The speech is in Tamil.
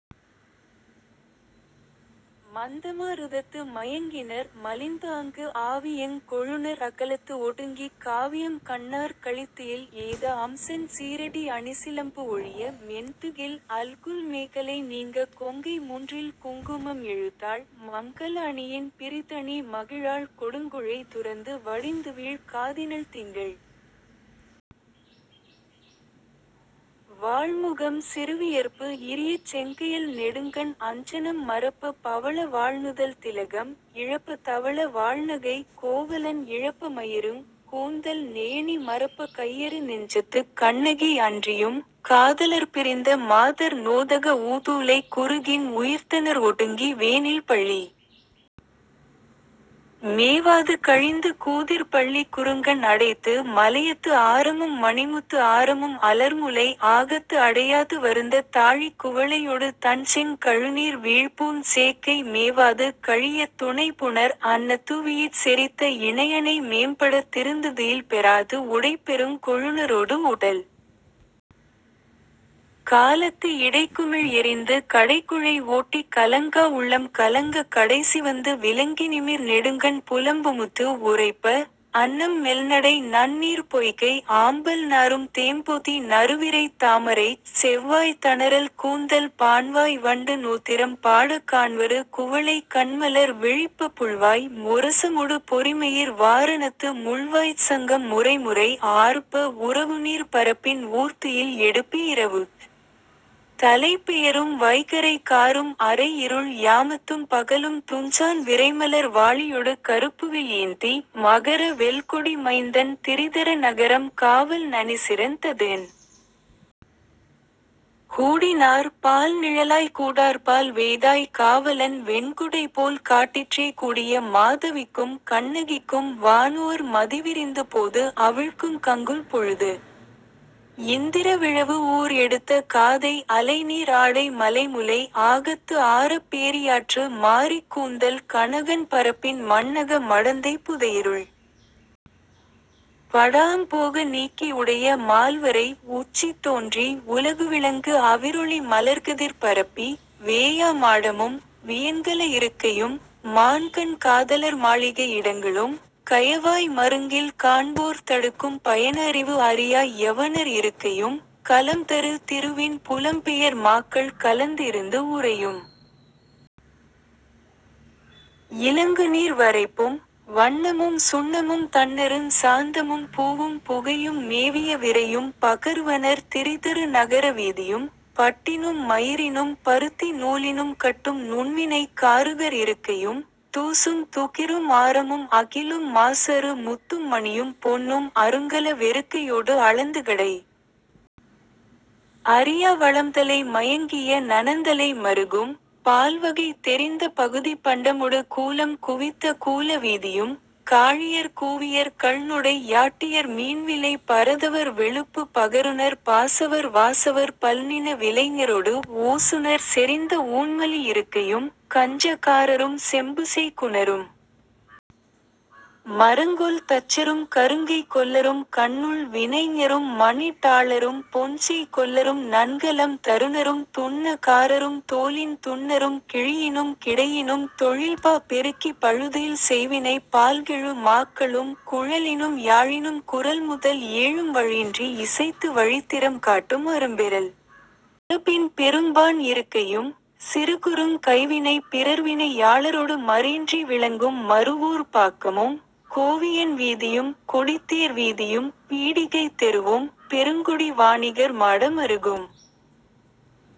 மந்தமா ருதத்து மயங்கினர் மலிந்துஆங்கு ஆவியங் கொழுநர் அகலத்து ஒடுங்கிக் காவிஅம் கண்ணார் களித்துயில் எய்த அம்செஞ் சீறடி அணிசிலம்பு ஒழிய மென்துகில் அல்குல் மேகலை நீங்கக் கொங்கை முன்றில் குங்குமம் எழுதாள் மங்கல அணியின் பிறிதுஅணி மகிழாள் கொடுங்குழை துறந்து வடிந்துவீழ் காதினள் திங்கள் வாள்முகம் சிறுவியர்ப்பு இரியச் செங்கயல் நெடுங்கண் அஞ்சனம் மறப்பப் பவள வாள்நுதல் திலகம் இழப்பத் தவள வாள்நகை கோவலன் இழப்ப மைஇருங் கூந்தல் நெய்அணி மறப்பக் கையறு நெஞ்சத்துக் கண்ணகி அன்றியும், காதலர்ப் பிரிந்த மாதர் நோதக ஊதுஉலைக் குருகின் உயிர்த்தனர் ஒடுங்கி வேனில் பள்ளி மேவாது கழிந்து கூதிர்ப் பள்ளிக் குறுங்கண் அடைத்து மலயத்து ஆரமும் மணிமுத்து ஆரமும் அலர்முலை ஆகத்து அடையாது வருந்தத் தாழிக் குவளையொடு தண்செங் கழுநீர் வீழ்பூஞ் சேக்கை மேவாது கழியத் துணைபுணர் அன்னத் து஡வியிற் செறித்த இணைஅணை மேம்படத் திருந்துதுயில் பெறாஅது உடைப்பெருங் கொழுநரோடு ஊடல் காலத்து இடைக்குமிழ் எறிந்து கடைக்குழை ஓட்டிக் கலங்கா உள்ளம் கலங்கக் கடைசிவந்து விலங்கிநிமிர் நெடுங்கண் புலம்புமுத்து உறைப்ப, அன்னம் மெல்நடை நன்னீர்ப் பொய்கை ஆம்பல் நாறும் தேம்பொதி நறுவிரைத் தாமரைச் செவ்வாய்த் தண்அறல் கூந்தல் பாண்வாய் வண்டு நோதிறம் பாடக் காண்வரு குவளைக் கண்மலர் விழிப்பப் புள்வாய் முரசமொடு பொறிமயிர் வாரணத்து முள்வாய்ச் சங்கம் முறைமுறை ஆர்ப்ப உரவுநீர்ப் பரப்பின் ஊர்த்துயில் எடுப்பி இரவுத் தலைப்பெயரும் வைகறை காறும் அரைஇருள் யாமத்தும் பகலும் துஞ்சான் விரைமலர் வாளியொடு கருப்புவில் ஏந்தி மகர வெல்கொடி மைந்தன் திரிதர நகரம் காவல் நனிசிறந் ததுஎன். கூடினார் பால்நிழலாய்க் கூடார்ப்பால் வெய்தாய்க் காவலன் வெண்குடைபோல் காட்டிற்றே கூடிய மாதவிக்கும் கண்ணகிக்கும் வான்ஊர் மதிவிரிந்து போதுஅவிழ்க்கும் கங்குல் பொழுது.. இந்திர விழவு ஊர் எடுத்த காதை அலைநீர் ஆடை மலைமுலை ஆகத்து ஆரப் பேரியாற்று மாரிக் கூந்தல் கண்அகன் பரப்பின் மண்ணக மடந்தை புதைஇருள் படாஅம் போக நீக்கி உடைய மால்வரை உச்சித் தோன்றி உலகுவிளங்கு அவிர்ஒளி மலர்கதிர் பரப்பி, வேயா மாடமும், வியன்கல இருக்கையும், மான்கண் காதலர் மாளிகை இடங்களும், கயவாய் மருங்கில் காண்போர்த் தடுக்கும் பயன்அறிவு அறியா யவனர் இருக்கையும், கலம்தரு திருவின் புலம்பெயர் மாக்கள் கலந்துஇருந்து உறையும் இலங்குநீர் வரைப்பும், வண்ணமும் சுண்ணமும் தண்நறுஞ் சாந்தமும் பூவும் புகையும் மேவிய விரையும் பகர்வனர் திரிதரு நகர வீதியும், பட்டினும் மயிரினும் பருத்தி நூலினும் கட்டும் நுண்வினைக் காருகர் இருக்கையும், தூசும் துகிரும் ஆரமும் அகிலும் மாசுஅறு முத்தும் மணியும் பொன்னும் அருங்கல வெறுக்கையோடு அளந்துகடை அறியா வளம்தலை மயங்கிய நனந்தலை மறுகும், பால்வகை தெரிந்த பகுதிப் பண்டமொடு கூலம் குவித்த கூல வீதியும், காழியர் கூவியர் கள்நொடை யாட்டியர் மீன்விலைப் பரதவர் வெள்உப்புப் பகருநர் பாசவர் வாசவர் பல்நிண விலைஞரொடு ஓசுநர் செறிந்த ஊன்மலி இருக்கையும், கஞ்ச காரரும் செம்புசெய் குநரும் மரங்கொல் தச்சரும் கருங்கைக் கொல்லரும் கண்ணுள் வினைஞரும் மண்ஈட் டாளரும் பொன்செய் கொல்லரும் நன்கலம் தருநரும் துன்ன காரரும் தோலின் துன்னரும் கிழியினும் கிடையினும் தொழில்பல பெருக்கிப் பழுதுஇல் செய்வினைப் பால்கெழு மாக்களும் குழலினும் யாழினும் குரல்முதல் ஏழும் வழுஇன்றி இசைத்து வழித்திறம் காட்டும் அரும்பெறல் மரபின் பெரும்பாண் இருக்கையும், சிறுகுறுங் கைவினைப் பிறர்வினை யாளரொடு மறுஇன்றி விளங்கும் மருவூர்ப் பாக்கமும், கோவியன் வீதியும், கொடித்தேர் வீதியும், பீடிகைத் தெருவும், பெருங்குடி வாணிகர் மாட மறுகும்,